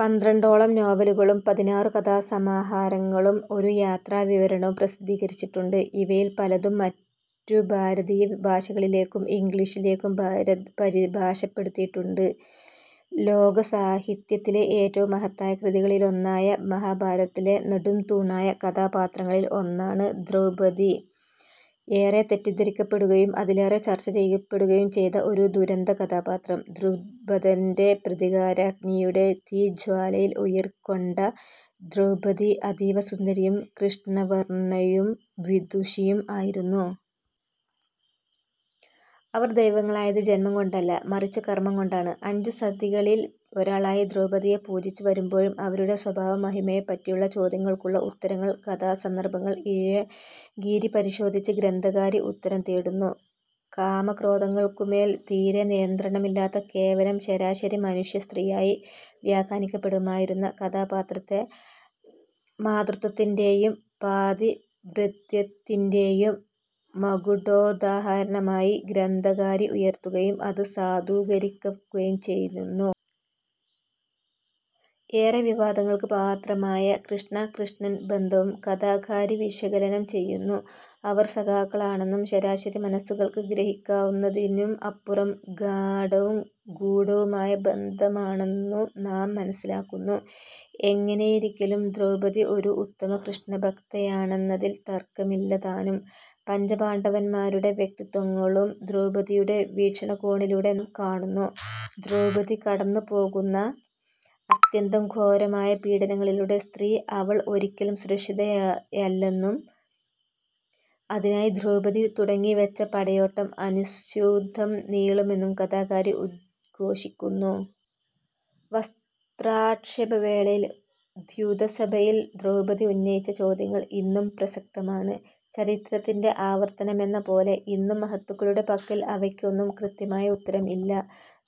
പന്ത്രണ്ടോളം നോവലുകളും പതിനാറു കഥാസമാഹാരങ്ങളും ഒരു യാത്രാ വിവരണവും പ്രസിദ്ധീകരിച്ചിട്ടുണ്ട്. ഇവയിൽ പലതും മറ്റു ഭാരതീയ ഭാഷകളിലേക്കും ഇന്ഗ്ലീഷിലേക്കും പരിഭാഷപ്പെടുത്തിയിട്ടുണ്ട്. ലോകസാഹിത്യത്തിലെ ഏറ്റവും മഹത്തായ കൃതികളിലൊന്നായ മഹാഭാരതത്തിലെ നെടുംതൂണായ കഥാപാത്രങ്ങളിൽ ഒന്നാണ് ദ്രൗപദി. ഏറെ തെറ്റിദ്ധരിക്കപ്പെടുകയും അതിലേറെ ചർച്ചചെയ്യപ്പെടുകയും ചെയ്ത ഒരു ദുരന്ത കഥാപാത്രം. ദ്രുപദൻറെ പ്രതികാരാഗ്നിയുടെ തീജ്വാലയിൽ ഉയിർകൊണ്ട ദ്രൗപദി, അതീവ സുന്ദരിയും, കൃഷ്ണവർണയും, വിദുഷിയും ആയിരുന്നു. അവർ ദൈവങ്ങളായത് ജന്മം കൊണ്ടല്ല മറിച്ചു കർമ്മം കൊണ്ടാണ്. അഞ്ചു സതികളിൽ ഒരാളായി ദ്രൗപദിയെ പൂജിച്ചു വരുമ്പോഴും അവരുടെ സ്വഭാവമഹിമയെ പറ്റിയുള്ള ചോദ്യങ്ങൾക്കുള്ള ഉത്തരങ്ങൾ കഥാസന്ദർഭങ്ങൾ ഇഴകീരിപരിശോധിച്ച് ഗ്രന്ഥകാരി ഉത്തരം തേടുന്നു. കാമക്രോധങ്ങൾക്കുമേൽ തീരെ നിയന്ത്രണമില്ലാത്ത കേവലം ശരാശരി മനുഷ്യസ്ത്രീയായി വ്യഘ്യാനിക്കപ്പെടാമായിരുന്ന കഥാപാത്രത്തെ മാതൃത്വത്തിൻറെയും പാതിവ്രത്യത്തിൻറെയും മകുടോദാഹരണമായി ഗ്രന്ഥകാരി ഉയർത്തുകയും അത് സാധൂകരിക്കുകയും ചെയ്യുന്നു. ഏറെ വിവാദങ്ങൾക്ക് പാത്രമായ കൃഷ്ണ-കൃഷ്ണൻ ബന്ധവും കഥാകാരി വിശകലനം ചെയ്യുന്നു. അവർ സഖാക്കളാണെന്നും ശരാശരി മനസ്സുകൾക്ക് ഗ്രഹിക്കാനാവുന്നതിനും അപ്പുറം ഗാഡവും ഗൂഡവുമായ ബന്ധമാണെന്നു നാം മനസ്സിലാക്കുന്നു. എങ്ങനെയിരിക്കിലും ദ്രൗപദി ഒരു ഉത്തമ കൃഷ്ണഭ്ക്തയാണെന്നതിൽ തർക്കമില്ലതാനും. പഞ്ചപാണ്ടവന്മാരുടെ വ്യക്തിത്വങ്ങളും ദ്രൗപദിയുടെ വീക്ഷണകോണിലൂടെ നാം കാണുന്നു. ദ്രൗപദി കടന്നുപോകുന്ന അത്യന്തം ഘോരമായ പീഡനങ്ങളിലൂടെ, സ്ത്രീ, അവൾ ഒരിക്കലും സുരക്ഷിതയല്ലെന്നും അതിനായി ദ്രൗപദി തുടങ്ങിവെച്ച പടയോട്ടം അനുസ്യൂതം നീളുമെന്നും കഥാകാരി ഉദ്ഘോഷിക്കുന്നു. വസ്ത്രാക്ഷേപവേളയിൽ. ദ്യുതസഭയിൽ ദ്രൗപദി ഉന്നയിച്ച ചോദ്യങ്ങൾ ഇന്നും പ്രസക്തമാണ്. ചരിത്രത്തിൻറെ ആവർത്തനമെന്ന പോലെ ഇന്നും മഹത്തുക്കളുടെ പക്കൽ അവയ്ക്കൊന്നും കൃത്യമായ ഉത്തരം ഇല്ല.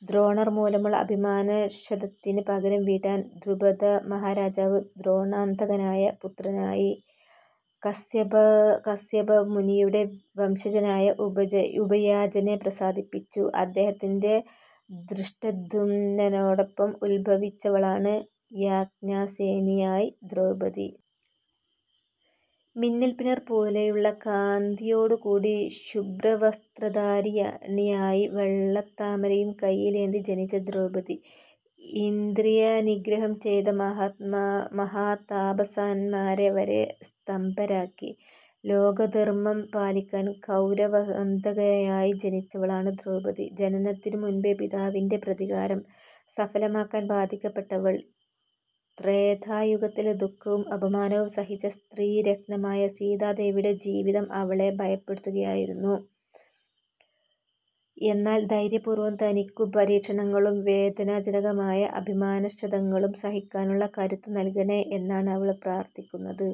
ദ്രോണർ മൂലമുള്ള അഭിമാനക്ഷതത്തിന് പകരം വീട്ടാൻ ദ്രുപദമാഹാരാജാവ് ദ്രോണാന്തകനായ പുത്രനായി കസ്യപമുനിയുടെ വംശജനായ ഉപയാജനെ പ്രസാദിപ്പിച്ചു. അദ്ദേഹത്തിൻറെ ധൃഷ്ടദ്യുംനനോടോപ്പം ഉദ്ഭവിച്ചവളാണ് യാജ്ഞാസേനിയായ് ദ്രൗപദി. മിന്നൽ പിണർ പോലെയുള്ള കാന്തിയോടുകൂടി, ശുഭ്രവസ്ത്രധാരിണിയായി, വെള്ളത്താമരയും കൈയിലേന്തി ജനിച്ച ദ്രൗപദി, ഇന്ദ്രിയനിഗ്രഹം ചെയ്ത മഹാതാപസന്മാരെ വരെ സ്തബ്ധരാക്കി. ലോകധർമ്മം പാലിക്കാൻ കൗരവാന്തകയായി ജനിച്ചവളാണ് ദ്രൗപദി. ജനനത്തിനു മുൻപേ പിതാവിൻറെ പ്രതികാരം സഫലമാക്കാൻ ബാധിക്കപെട്ടവൾ. ത്രേതായുഗത്തിൽ ദുഖവും അപമാനവും സഹിച്ച സ്ത്രീരത്നമായ സീതാദേവിയുടെ ജീവിതം അവളെ ഭയപ്പെടുതുകയായിരുന്നു. എന്നാൽ ധൈര്യപൂർവ്വം തനിക്കു പരീക്ഷണങ്ങളും, വേദനാജനകമായ അഭിമാനക്ഷതങ്ങളും സഹിക്കാനുള്ള കരുത്ത് നൽകണേ എന്നാണ് അവൾ പ്രാർഥിക്കുന്നത്.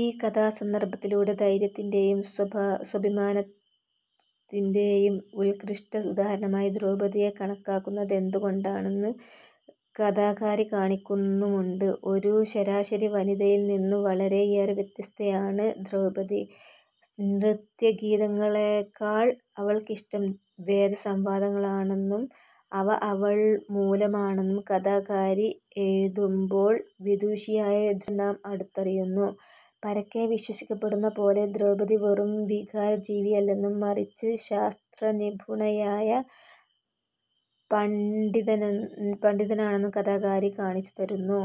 ഈ കഥാസന്ദർഭത്തിലൂടെ ധൈര്യത്തിന്റെയും സ്വാഭിമാനതിന്റെയും ഉത്കൃഷ്ട ഉദാഹരണമായി ദ്രൗപദിയെ കണക്കാക്കുന്നതെന്തുകൊണ്ടാണെന്ന് കഥാകാരി കാണിക്കുന്നുമുണ്ട്. ഒരു ശരാശരി വനിതയിൽനിന്നു വളരെയേറെ വത്യസ്തയാണ് ദ്രൗപദി. നൃത്യഗീതങ്ങളെക്കാൾ അവൾക്കിഷ്ടം വേദസംവാദങ്ങളാണന്നും, അവ അവൾ മൂലമാണെന്നും കഥാകാരി എഴുതുമ്പോൾ വിദുഷിയായ ദ്രൗപദിയെ നാം അടുത്തറിയുന്നു. പരക്കെ വിശ്വസിക്കപ്പെടുന്ന പോലെ ദ്രൗപദി വെറും വികാരജീവിയല്ലെന്നും മറിച്ച് ശാസ്ത്രനിപുണയായ പണ്ധിതയാണന്നും കഥാകാരി കാണിച്ചുതരുന്നു.